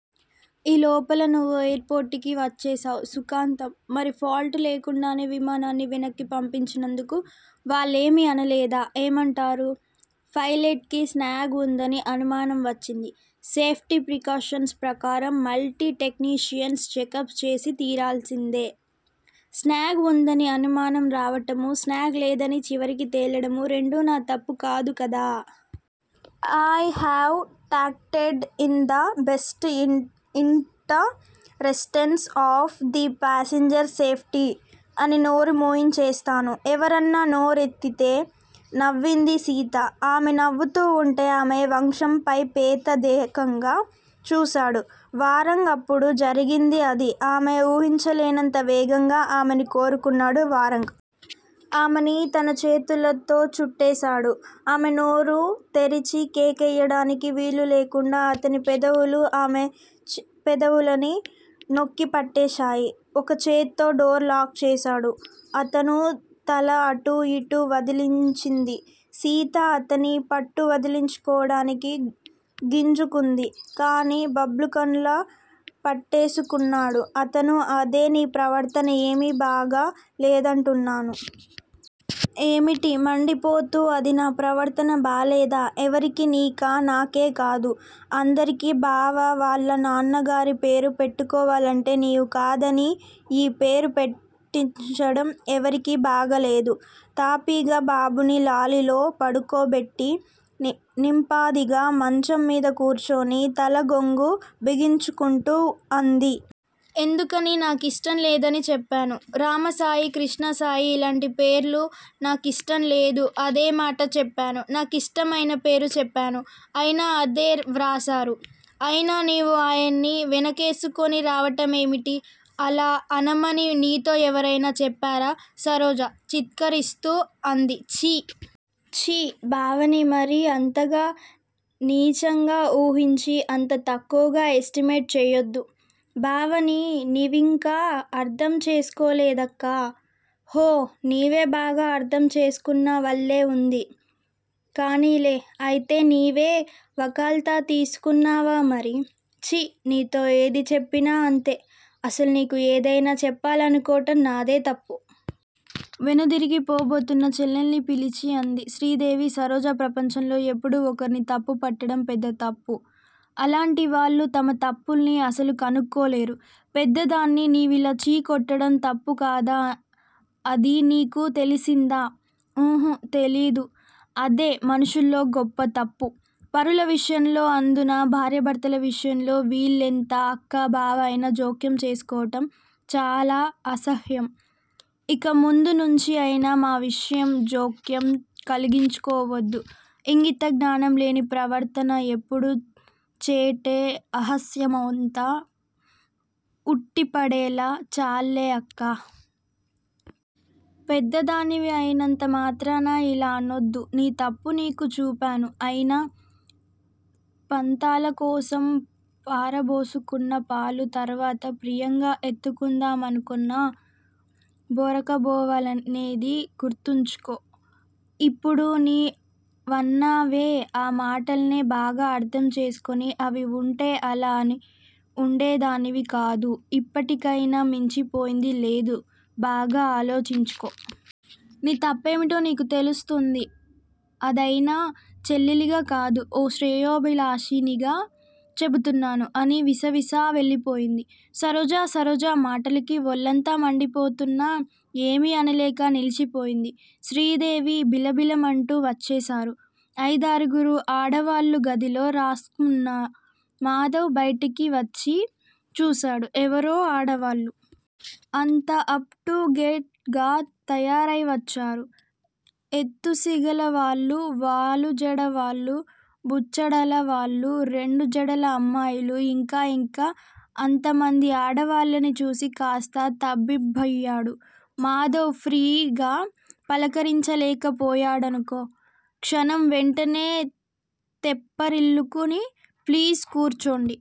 ఈ లోపల నువ్వు ఎయిర్ పోర్టుకి వచ్చేశావ్. సుఖాంతం! మరి ఫాల్టు లేకుండానే విమానాన్ని వెనక్కి పంపించినందుకు వాళ్ళేమీ అనలేదా? ఏమంటారు! ఫైలట్ కి స్నాగ్ ఉందని అనుమానం వచ్చింది. సేఫ్టీ ప్రికాషన్స్ ప్రకారం మల్టీ టెక్నీషియన్స్ చెకప్ చేసి తీరాల్సిందే! స్నాగ్ వుందని అనుమానం రావటమూ, స్నాగ్ లేదని చివరికి తేలడమూ రెండూ నా తప్పు కాదు కదా! 'I have acted in the best interests of the passengers safety! అని నోరుమూయించేస్తాను ఎవరన్నా నోరెత్తితే! నవ్వింది సీత. ఆమె నవ్వుతూ వుంటే ఆమె వక్షంవైపేతదేకంగా చూశాడు వారంగ్. అప్పుడు జరిగింది అది. ఆమె ఊహించలేనంత వేగంగా ఆమెని కోరుకున్నాడు వారంగ్. ఆమెని తన చేతులతో చుట్టేశాడు. ఆమె నోరు తెరిచి కేకవెయ్యడానికి వీలులేకుండా అతనిపెదవులు ఆమె పెదవులని నొక్కిపట్టేశాయి! ఒక చేత్తో డోర్ లాక్ చేశాడు అతను. తల అటూ ఇటూ విదిలించింది సీత. అతని పట్టువదిలించుకోవడానికి గింజుకుంది. కానీ భబ్ల్లూకంలా పట్టేసుకున్నాడు అతను. అదే నీ ప్రవర్తన ఏమి బాగా లేదంటున్నాను? ఏమిటి! మండిపోతూ అంది. నా ప్రవర్తన బాగాలేదా? ఎవరికి నీకా? నాకే కాదు. అందరికి, బావ వాళ్ళనాన్నగారి పేరు పెట్టుకోవాలంటే నీవు కాదని యీ పేరు పెట్టించడం ఎవరికి బాగాలేదు. తాపిగా బాబుని లాలిలో పడుకోబెట్టి నింపాదిగా మంచం మీద కూర్చుని తల కొంగు బిగించుకుంటూ అంది. ఎందుకని? నా కిష్టం లేదని చెప్పాను. రామసాయి, కృష్ణసాయి. ఇలాంటి పేర్లు నా కిష్టం లేదు. అదేమాట చెప్పాను. నాకిష్టమయిన పేరు చెప్పాను. ఆయన అదే వ్రాశారు. అయినా నీవు ఆయన్ని వెనకేసుకుని రావటమేమిటి? అలా అనమని నీతో ఎవరైనా చెప్పారా? సరోజ చిత్కారిస్తూ అంది ఛి! చీ! బావని మరీ అంతగా నీచంగా వూహించి అంత తక్కువగా ఎస్టిమేట్ చెయ్యొద్దు. బావని నివింకా అర్ధం చేసుకోలేదక్కా! ఒహొ నీవే బాగా అర్ధం చేసుకున్నవల్లె వుంది! కానిలే! అయితే నీవే వకాల్తా తీసుకున్నావామరి? ఛి! నీతో ఏది చెప్పినా ఇంతే. అసలు నీకు ఏదైనా చెప్పాలనుకోవటం నాదే తప్పు. వెనుదిరిగిపోబోతున్న చెల్లెల్ని పిలిచి అంది శ్రీదేవి. సరోజా! ప్రపంచంలో ఎప్పుడూ ఒకర్ని తప్పు పట్టటం పెద్ద తప్పు. అలాంటివాళ్ళు తమ తప్పుల్ని అసలు కనుక్కోలేరు. పెద్దదాన్ని నీవిలా చీ కొట్టటం తప్పు కాదా? అది నీకు తెలిసిందా? ఉహు! తెలియదు. అదే మనుషుల్లో గొప్ప తప్పు, పరుల విషయంలో అందునా భార్యాభర్తల విషయంలో వీళ్ళెంత అక్కా బావా అయినా జోక్యం చేసుకోవటం చాలా అసహ్యం, ఇహ ముందు నుంచి అయినా మా విషయం జోక్యం కలిగించుకోవద్దు, ఇంగితజ్ఞానం లేని ప్రవర్తన ఎప్పుడూ చేటే అసహ్యమంతా వుట్టిపడేలా చాల్లే అక్కా! పెద్దదానివి అయినంత మాత్రాన యిలా అనొద్దు. నీ తప్పు నీకు చూపాను. అయినా పంతాలకోసం పారబోసుకున్నపాలు తర్వాత ప్రియంగా ఎత్తుకుందామనుకొన్నా దొరకబోవనేది గుర్తుంచుకో, ఇప్పుడు నీ వన్నావే! ఆ మాటల్నే బాగా అర్ధం చేసుకుని అని వుంటే అలా అని వుండేదానివి కాదు. ఇప్పటికయినా మించిపోయింది లేదు బాగా ఆలోచించుకో. నీ తప్పేమిటో నీకు తెలుస్తుంది. అదయినా చెల్లిలిగా కాదు. ఓ శ్రేయోభిలాషిణిగా చెపుతున్నాను? అని విసవిసా వెళ్ళిపోయింది సరోజ! సరోజ మాటలకి ఒళ్ళంతా మండిపోతున్నా ఏమి అనలేక నిలిచిపోయింది శ్రీదేవి. బిలబిలమంటూ వచ్చేశారు అయిదారుగురు ఆడవాళ్ళు. గదిలో రాసుకుమ్తున్న మాధవ్ బయటికి వచ్చి చూశాడు. ఎవరో ఆడవాళ్లు! అంతా అప్ టు డేట్ గా తయారైవచ్చారు. ఎత్తుసిగలవాళ్ళు, వాలు జడలవాళ్ళు, బుచ్చడల వాళ్ళు రెండు జడల అమ్మాయిలు. ఇంకా ఇంకా అంతమంది ఆడవాళ్ళని చూచి కాస్త తబ్బిబ్బయ్యాడు మాధవ్, ఫ్రీగా పలకరించలేకపోయాడొక క్షణం. వెంటనే తెప్పరిల్లుకుని ప్లీజ్ కూర్చోండి.